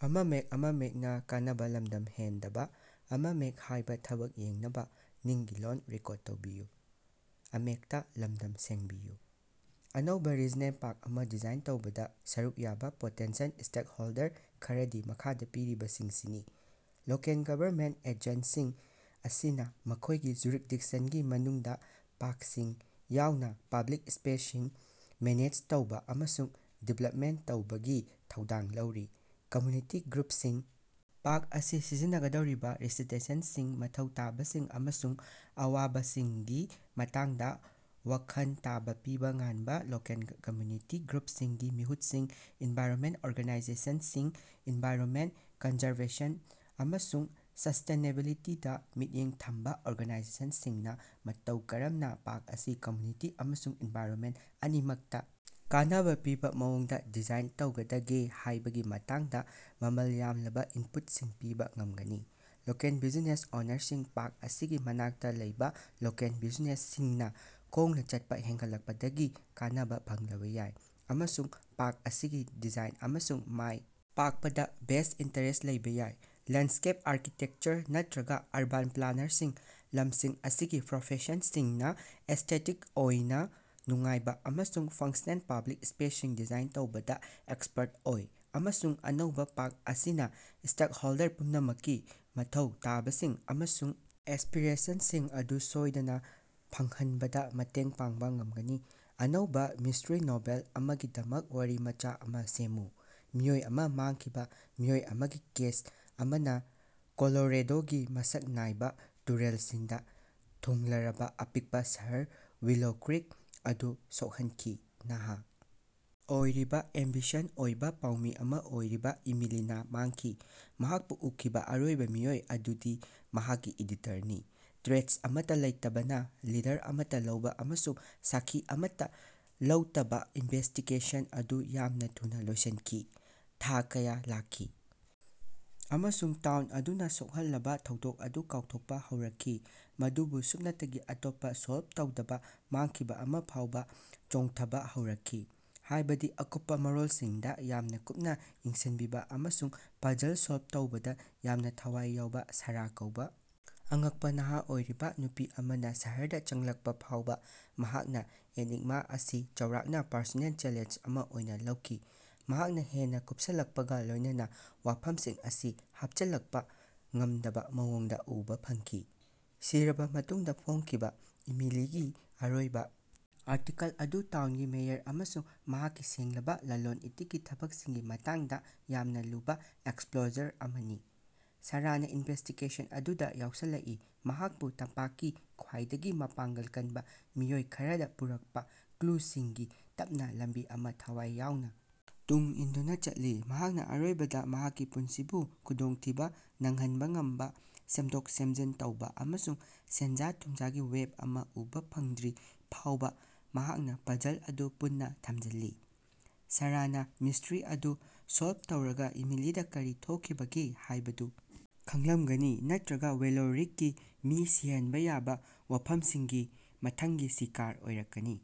ꯑꯅꯧꯕꯥ regional park ꯑꯃꯥ design ꯇꯧꯕꯗꯥ ꯁꯔꯨꯛ ꯌꯥꯕꯥ ꯄꯣꯇꯦꯟꯁꯤꯑꯦꯜ ꯁ꯭ꯇꯦꯀꯍꯣꯜꯗꯔ ꯈꯔꯗꯤ ꯃꯈꯥꯗꯥ ꯄꯤꯔꯤꯕꯁꯤꯡꯁꯤꯅꯤ꯫ ꯂꯣꯀꯦꯜ ꯒꯕꯔꯅꯃꯦꯟꯇ ꯑꯦꯖꯦꯟꯁꯤꯁꯤꯡ ꯑꯁꯤꯅꯥ ꯃꯈꯣꯏꯒꯤ ꯖꯨꯔꯤꯁꯗꯤꯛꯁꯟꯒꯤ ꯃꯅꯨꯡꯗꯥ ꯄꯥꯔꯛꯁꯤꯡ ꯌꯥꯎꯅꯥ ꯄꯕ꯭ꯂꯤꯛ ꯁ꯭ꯄꯦꯁꯁꯤꯡ ꯃꯦꯅꯦꯖ ꯇꯧꯕ ꯑꯃꯁꯨꯡ ꯗꯤꯚꯦꯂꯞ ꯇꯧꯕꯒꯤ ꯊꯧꯗꯥꯡ ꯂꯧꯔꯤ꯫ ꯀꯝꯌꯨꯅꯤꯇꯤ ꯒ꯭ꯔꯨꯄꯁꯤꯡ ꯄꯥꯔꯛ ꯑꯁꯤ ꯁꯤꯖꯤꯟꯅꯒꯗꯧꯔꯤꯕ ꯔꯦꯁꯤꯗꯦꯟꯇꯁꯤꯡꯒꯤ ꯃꯊꯧ ꯇꯥꯕꯁꯤꯡ ꯑꯃꯁꯨꯡ ꯑꯋꯥꯕꯁꯤꯡꯒꯤ ꯃꯇꯥꯡꯗꯥ ꯋꯥꯈꯜ ꯇꯥꯕ ꯄꯤꯕꯥ ꯉꯝꯕ ꯂꯣꯀꯦꯜ ꯀꯝꯌꯨꯅꯤꯇꯤ ꯒ꯭ꯔꯨꯄꯁꯤꯡꯒꯤ ꯃꯤꯍꯨꯠꯁꯤꯡ꯫ꯑꯦꯟꯚꯥꯏꯔꯣꯃꯦꯟꯠ ꯑꯣꯔꯒꯥꯅꯥꯏꯖꯦꯁꯟꯁꯤꯡ ꯑꯦꯟꯚꯥꯏꯔꯣꯃꯦꯟꯠ ꯀꯟꯖꯥꯔꯕꯦꯁꯟ ꯑꯃꯁꯨꯡ ꯁꯁ꯭ꯇꯦꯅꯦꯕꯤꯂꯤꯇꯤꯗꯥ ꯃꯤꯠꯌꯦꯡ ꯊꯝꯕ ꯑꯣꯔꯒꯥꯅꯥꯏꯖꯦꯁꯟꯁꯤꯡꯅꯥ ꯃꯇꯧ ꯀꯔꯝꯅꯥ ꯄꯥꯔꯛ ꯑꯁꯤ ꯀꯝꯌꯨꯅꯤꯇꯤ ꯑꯃꯁꯨꯡ ꯑꯦꯟꯚꯥꯏꯔꯣꯃꯦꯟꯠ ꯑꯅꯤꯃꯛꯇꯥ ꯀꯥꯟꯅꯕꯥ ꯄꯤꯕ ꯃꯑꯣꯡꯗꯥ ꯗꯤꯖꯥꯏꯟ ꯇꯧꯒꯗꯒꯦ ꯍꯥꯏꯕꯒꯤ ꯃꯇꯥꯡꯗꯥ ꯃꯃꯜ ꯌꯥꯝꯂꯕꯥ ꯏꯟꯄꯨꯠꯁꯤꯡ ꯄꯤꯕꯥ ꯉꯝꯒꯅꯤ꯫ ꯂꯣꯀꯦꯜ ꯕꯤꯖꯤꯅꯦꯁ ꯑꯣꯅꯔꯁꯤꯡ ꯄꯥꯔꯛ ꯑꯁꯤꯒꯤ ꯃꯅꯥꯛꯇꯥ ꯂꯩꯕ ꯂꯣꯀꯦꯜ ꯕꯤꯖꯤꯅꯦꯁꯁꯤꯡꯅꯥ ꯈꯣꯡꯅꯥ ꯆꯠꯄꯥ ꯍꯦꯟꯒꯠꯂꯛꯄꯗꯒꯤ ꯀꯥꯟꯅꯕꯥ ꯐꯪꯂꯕ ꯌꯥꯏ ꯑꯃꯁꯨꯡ ꯄꯥꯔꯛ ꯑꯁꯤꯒꯤ ꯗꯤꯖꯥꯏꯟ ꯑꯃꯁꯨꯡ ꯃꯥꯏ ꯄꯥꯛꯄꯗꯥ ꯚꯦꯁ꯭ꯠ ꯏꯟꯇꯔꯦꯁ꯭ꯠ ꯂꯩꯕ ꯌꯥꯏ꯫ ꯂꯦꯟꯁ꯭ꯀꯦꯞ ꯑꯥꯔꯀꯤꯇꯦꯛꯆꯔ ꯅꯠꯇ꯭ꯔꯒ ꯑꯔꯕꯥꯟ ꯄ꯭ꯂꯥꯅꯔꯁꯤꯡ ꯂꯝꯁꯤꯡ ꯑꯁꯤꯒꯤ ꯄ꯭ꯔꯣꯐꯦꯁ꯭ꯅꯦꯜꯁꯤꯡꯅꯥ ꯑꯦꯁ꯭ꯇꯦꯇꯤꯛ ꯑꯣꯏꯅ ꯅꯨꯡꯉꯥꯏꯕ ꯑꯃꯁꯨꯡ ꯐꯪꯡꯁ꯭ꯅꯦꯜ ꯄꯕ꯭ꯂꯤꯛ ꯁ꯭ꯄꯦꯁꯁꯤꯡ ꯗꯤꯖꯥꯏꯟ ꯇꯧꯕꯗꯥ ꯑꯦꯛꯁꯄꯔꯠ ꯑꯣꯏ ꯑꯃꯁꯨꯡ ꯑꯅꯧꯕ ꯄꯥꯔꯛ ꯑꯁꯤꯅꯥ ꯁ꯭ꯇꯦꯀꯍꯣꯜꯗꯔ ꯄꯨꯝꯅꯃꯛꯀꯤ ꯃꯊꯧ ꯇꯥꯕꯁꯤꯡ ꯑꯃꯁꯨꯡ ꯑꯦꯁ꯭ꯄꯤꯔꯦꯁꯟꯁꯤꯡ ꯑꯗꯨ ꯁꯣꯏꯗꯅꯥ ꯐꯪꯍꯟꯕꯗꯥ ꯃꯇꯦꯡ ꯄꯥꯡꯕ ꯉꯝꯒꯅꯤ꯫ ꯑꯅꯧꯕꯥ ꯃꯤꯁ꯭ꯠꯔꯤ ꯅꯣꯚꯦꯜ ꯑꯃꯥꯒꯤꯗꯃꯛ ꯋꯥꯔꯤꯃꯆꯥ ꯑꯃꯥ ꯁꯦꯝꯃꯨ꯫ ꯃꯤꯑꯣꯏ ꯑꯃꯥ ꯃꯥꯡꯈꯤꯕ ꯃꯤꯑꯣꯏ ꯑꯃꯒꯤ ꯀꯦꯁ ꯑꯃꯅꯥ ꯀꯣꯂꯣꯔꯦꯗꯣꯒꯤ ꯃꯁꯛ ꯅꯥꯏꯕ ꯇꯨꯔꯦꯜꯁꯤꯡꯗꯥ ꯊꯨꯡꯂꯔꯕꯥ ꯑꯄꯤꯛꯄꯥ ꯁꯍꯔ ꯋꯤꯂꯣ ꯀ꯭ꯔꯤꯛ ꯑꯗꯨ ꯁꯣꯛꯍꯟꯈꯤ꯫ ꯅꯍꯥ ꯑꯣꯏꯔꯤꯕꯥ, ꯑꯦꯝꯕꯤꯁꯤꯌꯁ ꯑꯣꯏꯕ ꯄꯥꯎꯃꯤ ꯑꯃꯥ ꯑꯣꯏꯔꯤꯕ ꯏꯃꯤꯂꯤꯅꯥ ꯃꯥꯡꯈꯤ꯫ ꯃꯍꯥꯛꯄꯨ ꯎꯈꯤꯕꯥ ꯑꯔꯣꯏꯕ ꯃꯤꯑꯣꯏ ꯑꯗꯨꯗꯤ ꯃꯍꯥꯛꯀꯤ ꯑꯦꯗꯤꯇꯔꯅꯤ꯫ ꯇ꯭ꯔꯦꯏꯁ ꯑꯃꯠꯇꯥ ꯂꯩꯇꯕꯅꯥ, ꯂꯤꯗꯔ ꯑꯃꯠꯇꯥ ꯂꯩꯇꯕ, ꯑꯃꯁꯨꯡ ꯁꯥꯛꯈꯤ ꯑꯃꯠꯇꯥ ꯂꯩꯇꯕ ꯏꯅꯚꯦꯁ꯭ꯇꯤꯒꯦꯁꯟ ꯑꯗꯨ ꯌꯥꯝꯅ ꯊꯨꯅꯥ ꯂꯣꯏꯁꯤꯟꯈꯤ꯫ ꯊꯥ ꯀꯌꯥ ꯂꯥꯛꯈꯤ, ꯑꯃꯁꯨꯡ ꯇꯥꯎꯟ ꯑꯗꯨꯅꯥ ꯁꯣꯛꯍꯜꯂꯕꯥ ꯊꯧꯗꯣꯛ ꯑꯗꯨ ꯀꯥꯎꯊꯣꯛꯄꯥ ꯍꯧꯔꯛꯈꯤ, ꯃꯗꯨꯕꯨ ꯁꯨꯞꯅꯇꯒꯤ ꯑꯇꯣꯞꯄꯥ ꯁꯣꯜꯕ ꯇꯧꯗꯕꯥ ꯃꯥꯡꯈꯤꯕꯥ ꯑꯃꯥ ꯐꯥꯎꯕꯥ ꯆꯣꯡꯊꯕꯥ ꯍꯧꯔꯛꯈꯤ꯫ ꯍꯥꯏꯕꯗꯤ ꯑꯀꯨꯞꯄꯥ ꯃꯔꯣꯜꯁꯤꯡꯗꯥ ꯌꯥꯝꯅ ꯀꯨꯞꯅꯥ ꯌꯦꯡꯁꯤꯟꯕꯤꯕꯥ, ꯑꯃꯁꯨꯡ ꯄꯥꯖꯜ ꯁꯣꯜꯕ ꯇꯧꯕꯗꯥ ꯌꯥꯝꯅꯥ ꯊꯋꯥꯏ ꯌꯥꯎꯕꯥ ꯁꯥꯔꯥ ꯀꯧꯕ ꯑꯉꯛꯄꯥ ꯅꯍꯥ ꯑꯣꯏꯔꯤꯕ ꯅꯨꯄꯤ ꯑꯃꯅꯥ ꯁꯍꯔꯗꯥ ꯆꯪꯂꯛꯄꯥ ꯐꯥꯎꯕ꯫ ꯃꯍꯥꯛꯅꯥ ꯑꯦꯅꯤꯒ꯭ꯃꯥ ꯑꯁꯤ ꯆꯥꯎꯔꯥꯛꯅꯥ ꯄꯔꯁꯣꯅꯦꯜ ꯆꯦꯂꯦꯟꯖ ꯑꯃꯥ ꯑꯣꯏꯅꯥ ꯂꯧꯈꯤ꯫ ꯃꯍꯥꯛꯅꯥ ꯍꯦꯟꯅꯥ ꯀꯨꯄꯁꯤꯜꯂꯛꯄꯒꯥ ꯂꯣꯏꯅꯅꯥ ꯋꯥꯐꯝꯁꯤꯡ ꯑꯁꯤ ꯍꯥꯞꯆꯤꯜꯂꯛꯄꯥ ꯉꯝꯗꯕꯥ ꯃꯑꯣꯡꯗꯥ ꯎꯕꯥ ꯐꯪꯈꯤ꯫ ꯁꯤꯔꯕꯥ ꯃꯇꯨꯡꯗꯥ ꯐꯣꯡꯈꯤꯕꯥ ꯏꯃꯤꯂꯤꯒꯤ ꯑꯔꯣꯏꯕꯥ ꯑꯥꯔꯇꯤꯀꯜ ꯑꯗꯨ ꯇꯥꯎꯅꯒꯤ ꯃꯦꯌꯔ ꯑꯃꯁꯨꯡ ꯃꯍꯥꯛꯀꯤ ꯁꯦꯡꯂꯕꯥ ꯂꯂꯣꯟ ꯏꯇꯤꯛꯀꯤ ꯊꯕꯛꯁꯤꯡꯒꯤ ꯃꯇꯥꯡꯗꯥ ꯌꯥꯝꯅ ꯂꯨꯕꯥ ꯑꯦꯛꯁꯄꯣꯖꯔ ꯑꯃꯅꯤ꯫ ꯁꯥꯔꯥꯅꯥ ꯏꯅꯚꯦꯁ꯭ꯇꯤꯒꯦꯁꯟ ꯑꯗꯨꯗꯥ ꯌꯥꯎꯁꯤꯜꯂꯛꯏ, ꯃꯍꯥꯀꯄꯨ ꯇꯝꯄꯥꯛꯀꯤ ꯈ꯭ꯋꯥꯏꯗꯒꯤ ꯃꯄꯥꯉ꯭ꯡꯒꯜ ꯀꯟꯕꯥ ꯃꯤꯑꯣꯏ ꯈꯔꯗꯥ ꯄꯨꯔꯛꯄꯥ ꯀ꯭ꯂꯨꯁꯤꯡꯒꯤ ꯇꯞꯅꯥ ꯂꯝꯕꯤ ꯑꯃꯥ ꯊꯋꯥꯏ ꯌꯥꯎꯅꯥ ꯇꯨꯡ ꯏꯟꯗꯨꯅꯥ ꯆꯠꯂꯤ꯫ ꯃꯍꯥꯛꯅꯥ ꯑꯔꯣꯏꯕꯗꯥ ꯃꯍꯥꯛꯀꯤ ꯄꯨꯟꯁꯤꯕꯨ ꯈꯨꯗꯣꯡꯊꯤꯕꯥ ꯅꯪꯍꯟꯕꯥ ꯉꯝꯕꯥ, ꯁꯦꯝꯗꯣꯛ-ꯁꯦꯝꯖꯤꯟ ꯇꯧꯕ ꯑꯃꯁꯨꯡ ꯁꯦꯟꯖꯥ-ꯊꯨꯝꯖꯥꯒꯤ ꯋꯦꯕ ꯑꯃꯥ ꯎꯕꯥ ꯐꯪꯗ꯭ꯔꯤ ꯐꯥꯎꯕꯥ ꯃꯍꯥꯛꯅꯥ ꯄꯥꯖꯜ ꯑꯗꯨ ꯄꯨꯟꯅꯥ ꯊꯝꯖꯤꯜꯂꯤ꯫ ꯁꯥꯔꯥꯅꯥ ꯃꯤꯁ꯭ꯠꯔꯤ ꯑꯗꯨ ꯁꯣꯜꯕ ꯇꯧꯔꯒꯥ ꯏꯃꯤꯂꯤꯗꯥ ꯀꯔꯤ ꯊꯣꯛꯈꯤꯕꯒꯦ ꯍꯥꯏꯕꯗꯨ ꯈꯪꯂꯝꯒꯅꯤ ꯅꯠꯇ꯭ꯔꯒꯥ ꯋꯤꯂꯣ ꯀ꯭ꯔꯤꯀꯀꯤ ꯃꯤ ꯁꯤꯍꯟꯕꯥ ꯌꯥꯕ ꯋꯥꯐꯝꯁꯤꯡꯒꯤ ꯃꯊꯪꯒꯤ ꯁꯤꯀꯥꯔ ꯑꯣꯏꯔꯛꯀꯅꯤ꯫